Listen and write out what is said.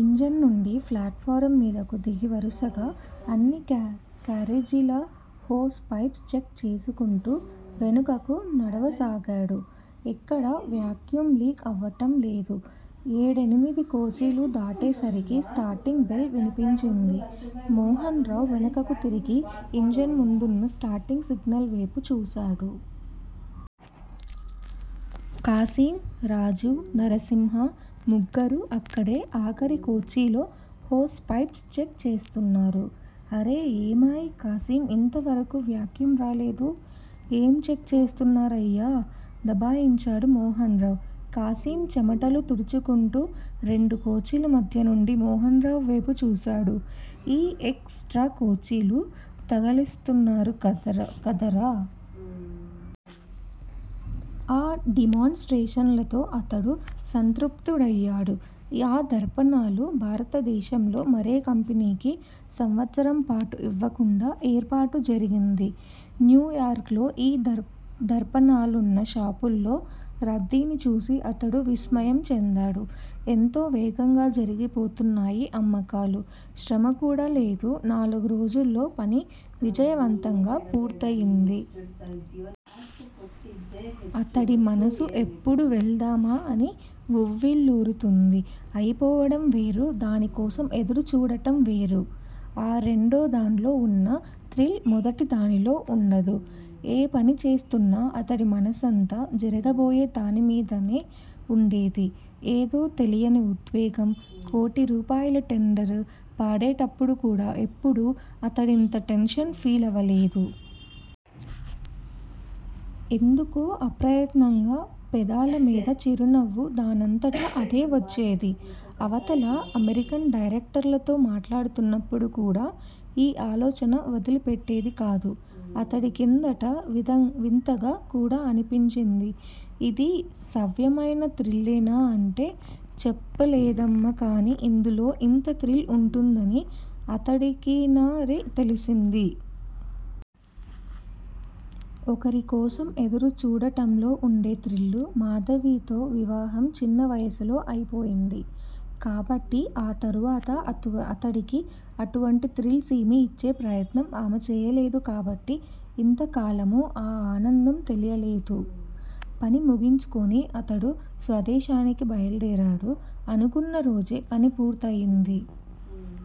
Engine నుంచి platform మీదకు దిగి వరుసగా అన్నికారేజీల హోస్ పైప్స్ చెక్ చేసుకుంటూ వెనుకకు నడవసాగాడు. ఎక్కడా వ్యాక్యూమ్ లీక్ అవటం లేదు. ఏడెనిమిది కోచీలు దాటేసరికి స్టార్టింగ్ బెల్ వినిపించింది. మోహన్రావ్ వెనకకు తిరిగి ఇంజన్ ముందున్న స్టార్టింగ్ సిగ్నల్ వేపు చూశాడు. ఖాసిమ్, రాజు, నర్సింహ ముగ్గురూ అక్కడే ఆఖరికోచీలహోస్ పైప్స్ చెక్ చేస్తున్నారు. అరె, ఏమోయ్ ఖాసిమ్ ఇంతవరకూ వ్యాక్యూమ్ రాలేదు. ఏం చెక్ చేస్తున్రయ్యా దబాయించాడు మోహన్రావ్. ఖాసిమ్ చెమటలు తుడుచుకుంటూ రెండు కోచీల మధ్యనుంచి మోహన్రావ్ వేపు చూశాడు. ఈ ఎక్ స్ట్రా కోచీలు తగిలించిన్రుకద్సార్. ఆ డిమాన్ స్ట్రేషన్ లతో అతడు సంతృప్తుడయ్యాడు. ఆ దర్పణాలు భారతదేశంలో మరే కంపెనీకి సంవత్సరంపాటు ఇవ్వకుండా ఏర్పాటు జరిగింది. న్యూయార్క్ లో ఈ దర్పణాలున్న షాపుల్లో రద్దీని చూసి అతడు విస్మయం చెందాడు. ఎంతో వేగంగా జరిగిపోతున్నాయి అమ్మకాలు. శ్రమకూడా లేదు. నాలుగు రోజుల్లో పని విజయవంతంగా పూర్తయింది. అతడి మనసు ఎప్పుడు వెళ్దామా అని వువ్విళ్ళూరుతోంది. అయిపోవడం వేరు. దానికోసం ఎదురుచూడటం వేరు. ఆ రెండోదాన్లో వున్న థ్రిల్ మొదటిదానిలో వుండదు. ఏ పని చేస్తున్నా అతడి మనసంతా జరగబోయేదానిమీదే వుండేది. ఏదో తెలియని ఉద్వేగం. కోటి రూపాయల టెండరు పాడేటప్పుడు కూడా ఎపుడూ అతడింత టెన్షన్ ఫీలవలేదు. ఎందుకో అప్రయత్నంగా పెదాల మీద చిరునవ్వు దానంతట అదే వచ్చేది. అవతల అమెరికన్ డైరెక్టర్లతో మాట్లాడుతున్నప్పుడు కూడా ఈ ఆలోచన వదలిపెట్టేది కాదు. అతడి కిదంతా వింతగా కూడా అనిపించింది. ఇది సవ్యమైన థ్రిల్లేనా అంటే చెప్పలేడేమో కానీ ఇందులో ఇంత థ్రిల్ వుంటుందని అతడికీనాడే తెలిసింది. ఒకరికోసం ఎదురు చూడటంలో వుండే థ్రిల్లు! మాధవితో వివాహం చిన్న వయసులో అయిపోయింది. కాబట్టి ఆ తరువాత అతడికి అటువంటి థ్రిల్సేమీ ఇచ్చే ప్రయత్నం ఆమె చేయలేదు కాబట్టి ఇంతకాలమూ ఆ ఆనందం తెలియలేదు. పని ముగించుకుని అతడు స్వదేశానికి బయల్దేరాడు. అనుకున్న రోజే పని పూర్తయింది.